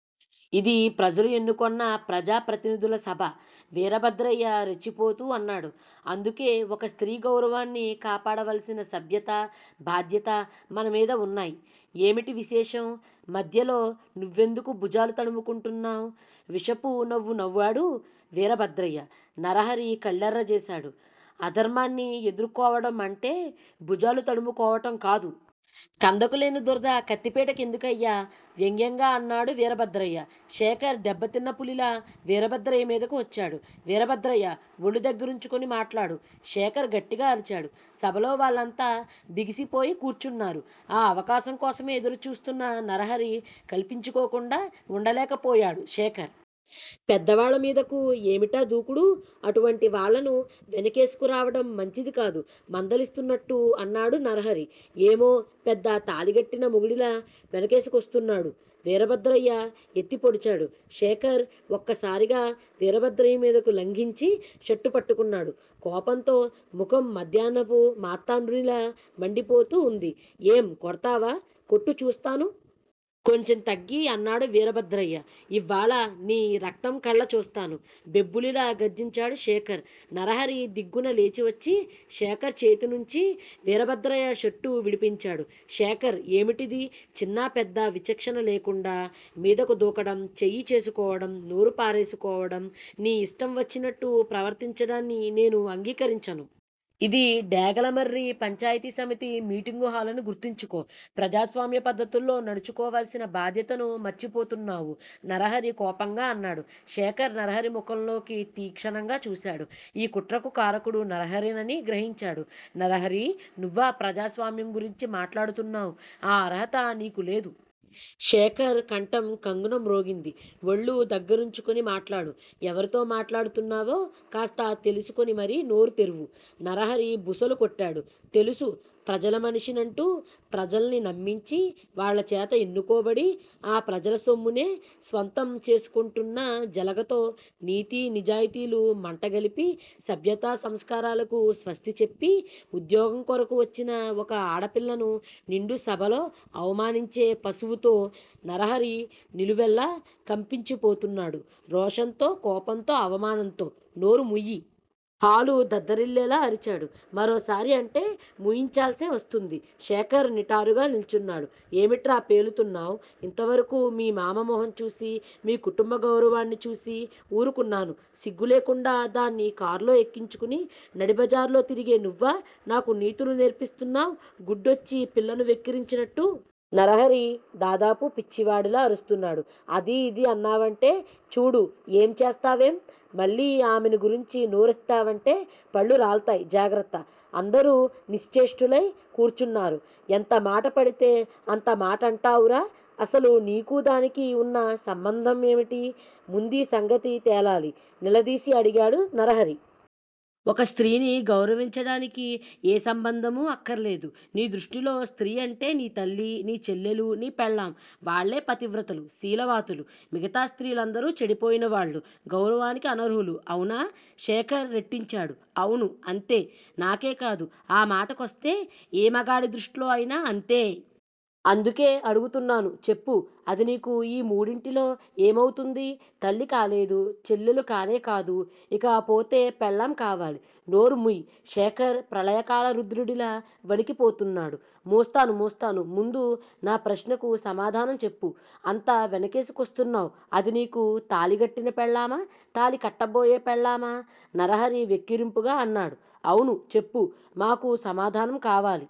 ఇది ప్రజలు ఎన్నుకొన్న ప్రజా ప్రతినిధుల సభ! వీరభద్రయ్య రెచ్చిపోతూ అన్నాడు. అందుకే ఒక స్త్రీ గౌరవాన్ని కాపాడవలసిన సభ్యతా, బాధ్యతా మన మీద వున్నాయ్! ఏమిటి విశేషం! మధ్యలో నువ్వెందుకు భుజాలు తడుముకుంటావ్! విషపు నవ్వు నవ్వాడు వీరభద్రయ్య, నరహరి కళ్ళెర్రజేశాడు. అధర్మాన్ని ఎదుర్కోవడం అంటే భుజాలు తడుము కోవటంకాదు. కందకు లేని దురద కత్తిపీట కెందుకయ్యా? వ్యంగ్యంగా అన్నాడు వీరభద్రయ్య. శేఖర్ దెబ్బతిన్న పులిలా వీరభద్రయ్య మీదకు వచ్చాడు. వీరభద్రయ్యా! వళ్ళు దగ్గరుంచుకొని మాట్లాడు! శేఖర్ గట్టిగా అరిచాడు. సభలో వాళ్ళంతా బిగిసిపోయి కూర్చున్నారు. ఆ అవకాశం కోసమే ఎదురుచూస్తున్న నరహరి కల్పించుకోకుండా వుండలేకపోయాడు. శేఖర్! పెద్దవాళ్ళమీదకు ఏమిటా దూకుడు? అటువంటివాళ్ళను వెనకేసుకు రావడం మంచిదికాదు మందలిస్తున్నట్టు అన్నాడు నరహరి. ఏమో పెద్ద తాళిగట్టిన మొగుడిలా వెనకేసుకొస్తున్నాడు! వీరభద్రయ్య ఎత్తి పొడిచాడు. శేఖర్ ఒక్కసారిగా వీరభద్రయ్యమీదకు లంఘించి షర్టు పట్టుకున్నాడు. కోపంతో ముఖం మధ్యాహ్నపు మార్తాండునిలా మండిపోతూ వుంది. ఏం? కొడ్తావా? కొట్టు చూస్తాను? కొంచెం తగ్గి అన్నాడు వీరభద్రయ్య. ఇవ్వాళ నీ రక్తం కళ్ళచూస్తాను! బెబ్బులిలా గర్జించాడు శేఖర్! నరహరి దిగ్గున లేచివచ్చి శేఖర్ చేతినుంచి వీరభద్రయ్య షర్టు విడిపించాడు. శేఖర్ ఏమిటిది? చిన్నా పెద్దా విచక్షణలేకుండా మీదకు దూకడం, చెయ్యి చేసుకోవడం, నోరు పారేసుకోవడం. నీ యిష్టం వచ్చినట్టు ప్రవర్తించడాన్ని నేను అంగీకరించను. ఇది డేగలమర్రి పంచాయితీ సమితి మీటింగు హాలని గుర్తించుకో! ప్రజాస్వామ్య పద్ధతుల్లో నడుచుకోవలసిన బాధ్యతను మర్చిపోతున్నావు నరహరి కోపంగా అన్నాడు. శేఖర్ నరహరి ముఖంలోకి తీక్షణంగా చూశాడు. ఈ కుట్రకు కారకుడు నరహరేనని గ్రహించాడు. నరహరీ! నువ్వా ప్రజాస్వామ్యం గురించి మాట్లాడుతున్నావ్? ఆ అర్హత నీకు లేదు! శేఖర్ కంఠం ఖంగ్ న మ్రోగింది. వళ్ళు దగ్గరుంచుకొని మాట్లాడు. ఎవరితో మాట్లాడుతున్నావో కాస్త తెలుసుకొని మరీ నోరు తెరువు! నరహరి బుసలు కొట్టాడు. తెలుసు! ప్రజలమనిషినంటూ ప్రజల్ని నమ్మించి వాళ్ళచేత ఎన్నుకోబడి, ఆ ప్రజల సొమ్మునే స్వంతం చేసుకుంటున్న జెలగతో నీతి నిజాయితీలు మంటగలిపి సభ్యతా సంస్కారాలకు స్వస్తి చెప్పి ఉద్యోగంకొరకు వచ్చిన ఒక ఆడపిల్లను నిండు సభలో అవమానించే పశువుతో నరహరి నిలువెల్లా కంపించిపోతున్నాడు రోషంతో, కోపంతో అవమానంతో నోరుముయ్యి! హాలు దద్దరిల్లేలా అరిచాడు. మరోసారి అంటే మూయించాల్సే వస్తుంది! శేఖర్ నిటారుగా నిల్చున్నాడు. ఏమిట్రా పేలుతున్నావ్? ఇంతవరకూ మీ మామ మొహంచూసీ, మీ కుటుంబ గౌరవాన్నిచూసీ ఊరుకున్నాను. సిగ్గులేకుండా దాన్ని కార్లో ఎక్కించుకుని నడిబజార్లో తిరిగే నువ్వా నాకు నీతులు నేర్పిస్తున్నావ్. గుడ్డొచ్చి పిల్లను వెక్కిరించినట్టు? నరహరి దాదాపు పిచ్చివాడిలా అరుస్తున్నాడు. అదీ ఇదీ అన్నావంటే చూడు ఏంచేస్తా వేం? మళ్ళీ ఆమెనుగురించి నోరెత్తావంటే పళ్ళు రాల్తాయ్! జాగ్రత్త! అందరూ నిశ్చేష్టులై కూర్చున్నారు. ఎంతమాట పడితే అంత మాటంటావురా? అసలు నీకూ దానికి వున్న సంబంధం ఏమిటి? ముందీసంగతి తేలాలి? నిలదీసి అడిగాడు నరహరి. ఒక స్త్రీని గౌరవించడానికి ఏ సంబంధమూ అక్కర్లేదు. నీ దృష్టిలో స్త్రీ అంటే, నీ తల్లీ, నీ చెల్లెలూ, నీ పెళ్ళాం. వాళ్ళే పతివ్రతలు శీలవాతులు, మిగతా స్త్రీలందరూ చెడిపోయినవాళ్ళు. గౌరవానికి అనర్హులు. అవునా! శేఖర్ రెట్టించాడు. అవును! అంతే! నాకేకాదు ఆమాటకొస్తే ఏ మగాడి దృష్టిలో ఐనా అంతే. అందుకే అడుగుతున్నాను చెప్పు! అది నీకు ఈ మూడింటిలో ఏమౌతుంది? తల్లి కాలేదు. చెల్లెలు కానేకాదు. ఇక పోతే పెళ్ళాం కావాలి! నోరు ముయ్! శేఖర్ ప్రళయకాల రుద్రుడిలా వణికిపోతున్నాడు. మూస్తాను! మూస్తాను! ముందు నా ప్రశ్నకు సమాధానం చెప్పు! అంత వెనకేసుకొస్తున్నావ్ అది నీకు తాళికట్టిన పెళ్ళామా తాళి కట్టబోయే పెళ్ళామా! నరహరి వెక్కిరింపుగా అన్నాడు. అవును! చెప్పు! మాకు సమాధానం కావాలి!